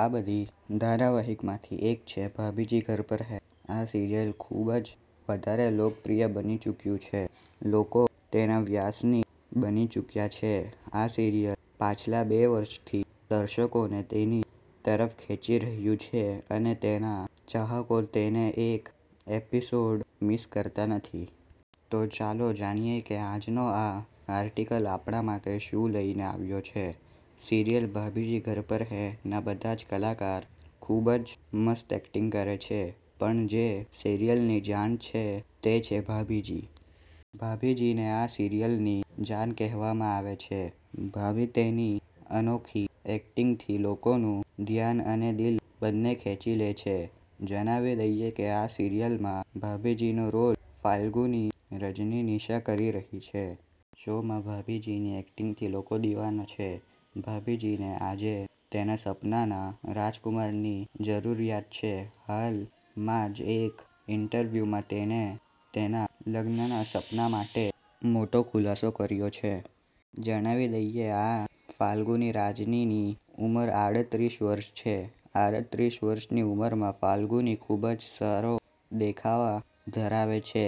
આ બધી ધારાવાહિક માંથી એક છે 'ભાભી જી ઘર પર હે'. આ સિરિયલ ખુબજ વધારે લોકપ્રિય બની ચૂક્યું છે. લોકો તેના વ્યસની બની ચુક્યા છે. આ સિરિયલ પાછલા બે વર્ષો થી દર્શકો ને તેની તરફ ખેંચી રહ્યું છે અને તેના ચાહકો તેનો એક પણ એપિસોડ મિસ કરતા નથી. તો ચાલો જાણીએ કે આજનો આ આર્ટિકલ આપણા માટે શુ લઈ ને આવ્યો છે. સિરિયલ 'ભાભી જી ઘર પર હે' ના બધા જ કલાકાર ખુબજ મસ્ત એક્ટિંગ કરે છે, પણ જે સિરિયલ ની જાન છે તે છે ભાભીજી. ભાભીજી ને આ સિરિયલ ની જાન કહેવામાં આવે છે. ભાભી તેની અનોખી એક્ટિંગ થી લોકો નું ધ્યાન અને દિલ બન્ને ખેંચી લે છે. જણાવી દઈએ કે આ સિરિયલ માં ભાભીજી નો રોલ ફાલ્ગુની રજની નિશા કરી રહી છે. શો માં ભાભીજી ની એક્ટિંગ થી લોકો દીવાના છે. ભાભીજી ને આજે તેના સપના ના રાજકુમાર ની જરૂરિયાત છે. હાલ માજ એક ઇન્ટરવ્યૂ માં તેણે તેના લગ્ન ન સપના માટે મોટો ખુલાસો કર્યો છે. જણાવી દઈએ એ ફાલ્ગુની રજની ની ઉંમર આડત્રીસ વર્ષ છે. આડત્રીસ વર્ષ ની ઉમર માં ફાલ્ગુની ખુબજ સારો દેખાવ ધરાવે છે.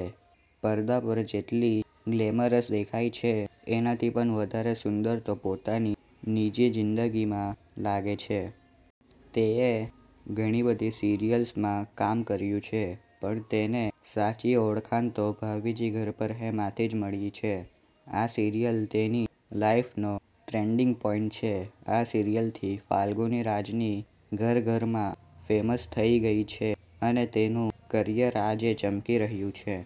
પરદા પર જેટલી ગ્લેમરસ દેખાય છે એનાથી પણ વધારે સુંદર તે પોતાની નિજી જિંદગી માં લાગે છે. તેણીએ ઘણી બધી સિરિયલ્સ માં કામ કર્યું છે પણ તેને સાચી ઓળખાણ તો ભાભીજી ઘર પર હે માંથી જ મળી છે. આ સિરિયલ તેની લાઈફ નો ટર્નિંગ પોઇન્ટ છે. આ સિરિયલ થી ફાલ્ગુની રજની ઘર ઘર માં ફેમસ થઈ ગઈ છે અને તેનું કરિયર આજે ચમકી રહ્યું છે.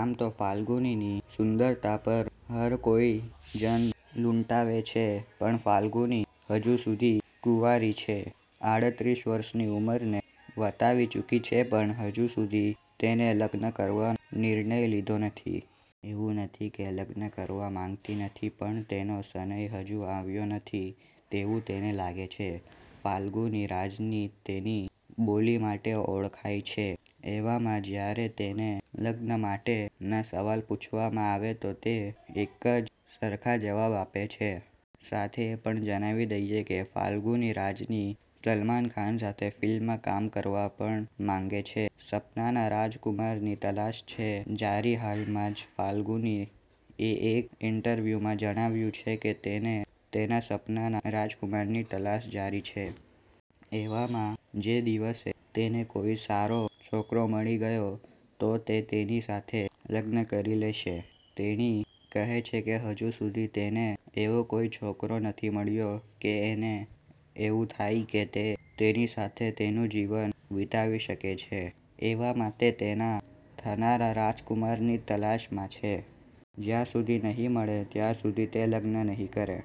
.આમ તો ફાલ્ગુની ની સુંદરતા પર હર કોઈ જાન લૂંટાવે છે, પણ ફાલ્ગુની હજુ સુધી કુંવારી છે. આડત્રીસ વર્ષ ની ઉંમર ને વટાવી ચુકી છે પણ હજુ સુધી તેણે લગ્ન કરવાનો નિર્ણય લીધો નથી. એવું નથી કે તે લગ્ન કરવા માંગતી નથી પણ તેનો સનય હજુ આવ્યો નથી તેવું તેને લાગે છે. ફાલ્ગુની રજની તેની બોલી માટે ઓળખાય છે. એવામાં જ્યારે તેને લગ્ન માટે ના સવાલ પૂછવામાં આવે તો તે એકજ સરખા જવાબ આપે છે. સાથે એ પણ જણાવી દઈએ કે ફાલ્ગુની રજની સલમાન ખાન સાથે ફિલ્મ માં કામ કરવા પણ માંગે છે. સપના ના રાજકુમાર ની તલાશ છે જારી હાલ માં જ ફાલ્ગુની એ એક ઇન્ટરવ્યૂ માં જણાવ્યું છે કે તેને તેના સપનાના રાજકુમાર ની તલાશ જારી છે. એવામાં જે દિવસે તેને કોઈ સારો છોકરો મળી ગયો, તો તે તેની સાથે લગ્ન કરી લેશે. તેણી કહે છે કે હજુ સુધી તેને એવો કોઈ છોકરો નથી મળ્યો કે એને એવું થાય કે તે તેની સાથે તેનું જીવન વિતાવી શકે છે, એવામાં તે તેના થનારા રાજકુમાર ની તલાશ માં છે. જ્યાં સુધી નહીં મળે ત્યાં સુધી તે લગ્ન નહિ કરે.